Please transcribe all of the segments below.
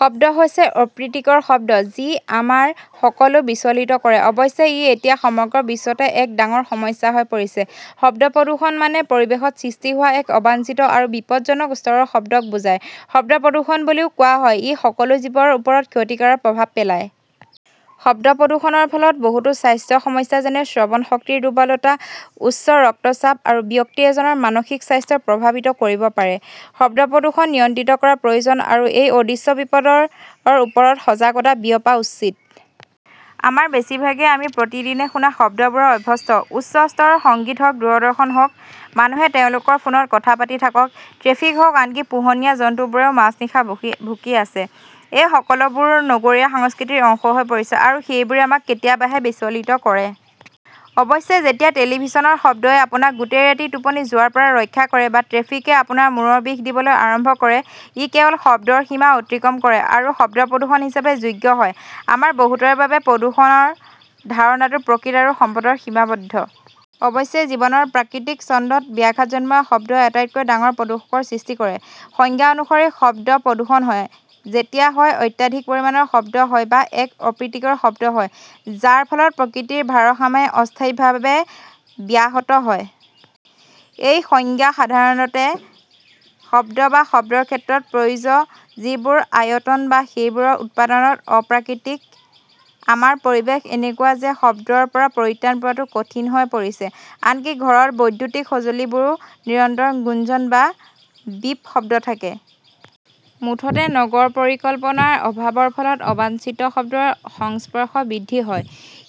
শব্দ হৈছে অপ্ৰীতিকৰ শব্দ যি আমাৰ সকলোকে বিচলিত কৰে। অৱশ্যে, ই এতিয়া সমগ্ৰ বিশ্বতে এক ডাঙৰ সমস্যা হৈ পৰিছে। শব্দ প্ৰদূষণমানে পৰিৱেশত সৃষ্টি হোৱা এক অবাঞ্ছিত আৰু বিপদজনক স্তৰৰ শব্দক বুজায়। শব্দ প্ৰদূষণ বুলিও কোৱা হয়, ই সকলো জীৱৰ ওপৰত ক্ষতিকাৰক প্ৰভাৱ পেলায়। শব্দ প্ৰদূষণৰ ফলত বহুতো স্বাস্থ্য সমস্যা যেনে শ্ৰৱণ শক্তিৰ দুৰ্বলতা, উচ্চ ৰক্তচাপ, আৰু ব্যক্তি এজনৰ মানসিক স্বাস্থ্য প্ৰভাৱিত কৰিব পাৰে। শব্দ প্ৰদূষণ নিয়ন্ত্ৰণ কৰা প্ৰয়োজন, আৰু এই অদৃশ্য বিপদৰ ওপৰত সজাগতা বিয়পা উচিত। আমাৰ বেছিভাগেই আমি প্ৰতিদিনে শুনা শব্দবোৰত অভ্যস্ত। উচ্চ স্বৰৰ সংগীত হওঁক, দূৰদৰ্শন হওঁক, মানুহে তেওঁলোকৰ ফোনত কথা পাতিথাকক, ট্ৰেফিক হওঁক, আনকি পোহনীয়া জন্তুবোৰেও মাজনিশা ভুকি আছে: এই সকলোবোৰ নগৰীয়া সংস্কৃতিৰ অংশ হৈ পৰিছে, আৰু সেইবোৰে আমাক কেতিয়াবাহে বিচলিত কৰে। অৱশ্যে, যেতিয়া টেলিভিছনৰ শব্দই আপোনাক গোটেই ৰাতি টোপনি যোৱাৰ পৰা ৰক্ষা কৰে বা ট্ৰেফিকে আপোনাক মুৰৰ বিষ দিবলৈ আৰম্ভ কৰে, ই কেৱল শব্দৰ সীমা অতিক্ৰম কৰে আৰু শব্দ প্ৰদূষণ হিচাপে যোগ্য হয়। আমাৰ বহুতৰ বাবে, প্ৰদূষণৰ ধাৰণা টো প্ৰকৃতি আৰু সম্পদত সীমাবদ্ধ। অৱশ্যে, জীৱনৰ প্ৰাকৃতিক ছন্দত ব্যাঘাত জন্মোৱা শব্দই আটাইতকৈ ডাঙৰ প্ৰদূষকৰ সৃষ্টি কৰে। সংজ্ঞা অনুসৰি, শব্দ প্ৰদূষণ হয় যেতিয়া হয় অত্যাধিক পৰিমাণৰ শব্দ হয় বা এক অপ্ৰীতিকৰ শব্দ হয় যাৰ ফলত প্ৰাকৃতিক ভাৰসাম্যঅস্থায়ীভাৱে ব্যাহত হয়। এই সংজ্ঞাসাধাৰণতে শব্দ বা শব্দৰ ক্ষেত্ৰত প্ৰযোজ্য যিবোৰৰ আয়তন বা সেইবোৰৰ উৎপাদনত অপ্ৰাকৃতিক। আমাৰ পৰিৱেশ এনেকুৱা যে শব্দৰ পৰা পৰিত্ৰাণ পোৱাটো কঠিন হৈ পৰিছে। আনকি ঘৰত বৈদ্যুতিক সঁজুলিবোৰতো নিৰন্তৰ গুঞ্জন বা বিপ শব্দ থাকে। মুঠতে, নগৰ পৰিকল্পনাৰ অভাৱৰ ফলত অবাঞ্ছিত শব্দৰ সংস্পৰ্শ বৃদ্ধি হয়।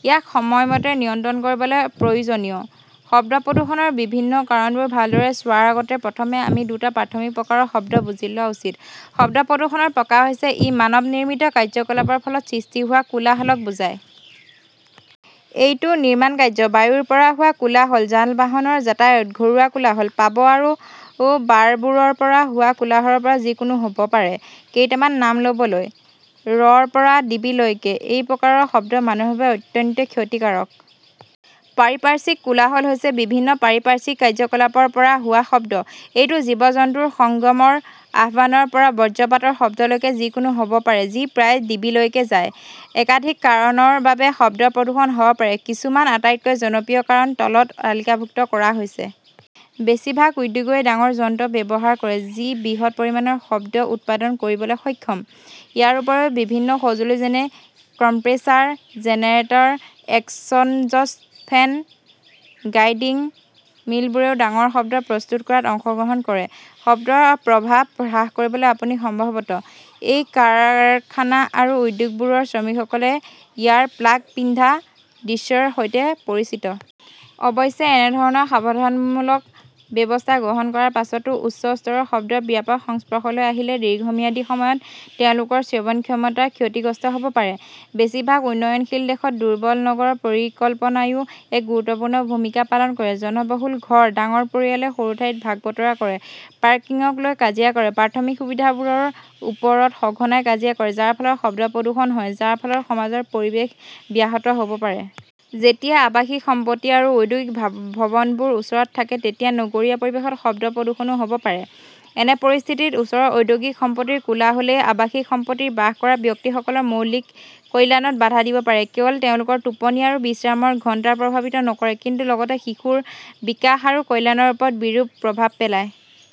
ইয়াক সময়মতে নিয়ন্ত্ৰণ কৰিবলৈ প্ৰয়োজনীয়। শব্দ প্ৰদূষণৰ বিভিন্ন কাৰণবোৰ ভালদৰে চোৱাৰ আগতে, প্ৰথমে আমি দুটা প্ৰাথমিক প্ৰকাৰৰ শব্দ বুজি লোৱা উচিত। শব্দ প্ৰদূষণৰ প্ৰকাৰ হৈছে – ই মানৱ-নিৰ্মিত কাৰ্যকলাপৰ ফলত সৃষ্টি হোৱা কোলাহলক বুজায়। এইটো নিৰ্মাণ কাৰ্য, বায়ুৰ পৰা হোৱা কোলাহল, যানবাহনৰ যাতায়ত, ঘৰুৱা কোলাহল, পাব আৰু বাৰবোৰৰ পৰা হোৱা কোলাহলৰ পৰা যিকোনো হ'ব পাৰে, কেইটামানৰ নাম ল'বলৈ। ৰ পৰা ডিবিলৈকে, এই প্ৰকাৰৰ শব্দ মানুহৰ বাবে অত্যন্ত ক্ষতিকাৰক। পাৰিপাৰ্শ্বিক কোলাহল হৈছে বিভিন্ন পাৰিপাৰ্শ্বিক কাৰ্যকলাপৰ পৰা হোৱা শব্দ। এইটো জীৱ-জন্তুৰ সঙ্গমৰ আহ্বানৰ পৰা বজ্ৰপাতৰ শব্দলৈকে যিকোনো হ'ব পাৰে যি প্ৰায়ে ডিবিলৈকে যায়। একাধিক কাৰণৰ বাবে শব্দ প্ৰদূষণ হ'ব পাৰে। কিছুমান আটাইতকৈ জনপ্ৰিয় কাৰণ তলত তালিকাভুক্ত কৰা হৈছে। বেছিভাগ উদ্যোগই ডাঙৰ যন্ত্ৰ ব্যৱহাৰ কৰে যিবৃহৎ পৰিমাণৰ শব্দ উৎপাদন কৰিবলৈ সক্ষম। ইয়াৰ উপৰিও, বিভিন্ন সঁজুলি যেনে compressor, generator, exhaust fan, grinding মিলবোৰেও ডাঙৰ শব্দ প্ৰস্তুত কৰাত অংশগ্ৰহণ কৰে। শব্দৰ প্ৰভাৱ হ্ৰাস কৰিবলৈ আপুনি সম্ভৱতঃ এই কাৰখানা আৰু উদ্যোগবোৰৰ শ্ৰমিকসকলে ইয়াৰপ্লাগ পিন্ধা দৃশ্যৰ সৈতে পৰিচিত। অৱশ্যে, এনেধৰণৰ সাৱধানতামূলক ব্যৱস্থা গ্ৰহণ কৰাৰ পাছতো, উচ্চ স্তৰৰ শব্দৰ ব্যাপক সংস্পৰ্শলৈ আহিলে দীৰ্ঘম্যাদী সময়ত তেওঁলোকৰ শ্ৰৱণ ক্ষমতা ক্ষতিগ্ৰস্ত হ'ব পাৰে। বেছিভাগ উন্নয়নশীল দেশত, দুৰ্বল নগৰ পৰিকল্পনাইও এক গুৰুত্বপূৰ্ণ ভূমিকা পালন কৰে। জনবহুল ঘৰ, ডাঙৰ পৰিয়ালে সৰু ঠাই ভাগ-বতৰা কৰে, পাৰ্কিংক লৈ কাজিয়া কৰে, প্ৰাথমিক সুবিধাবোৰৰ ওপৰত সঘনাই কাজিয়া কৰে, যাৰ ফলত শব্দ প্ৰদূষণ হয়, যাৰ ফলত সমাজৰ পৰিৱেশ ব্যাহত হ'ব পাৰে। যেতিয়া আৱাসিক সম্পত্তি আৰু ঔদ্যোগিক ভৱনবোৰ ওচৰত থাকে তেতিয়া নগৰীয়া পৰিৱেশত শব্দ প্ৰদূষণো হ'ব পাৰে। এনে পৰিস্থিতিত, ওচৰৰ ঔদ্যোগিক সম্পত্তিৰ কোলাহলই আৱাসিক সম্পত্তিত বাস কৰা ব্যক্তিসকলৰ মৌলিক কল্যাণত বাধা দিব পাৰে। কেৱল তেওঁলোকৰ টোপনি আৰু বিশ্ৰামৰ ঘণ্টাপ্ৰভাৱিত নকৰে কিন্তু লগতে শিশুৰ বিকাশ আৰু কল্যাণৰ ওপৰত বিৰূপ প্ৰভাৱ পেলায়।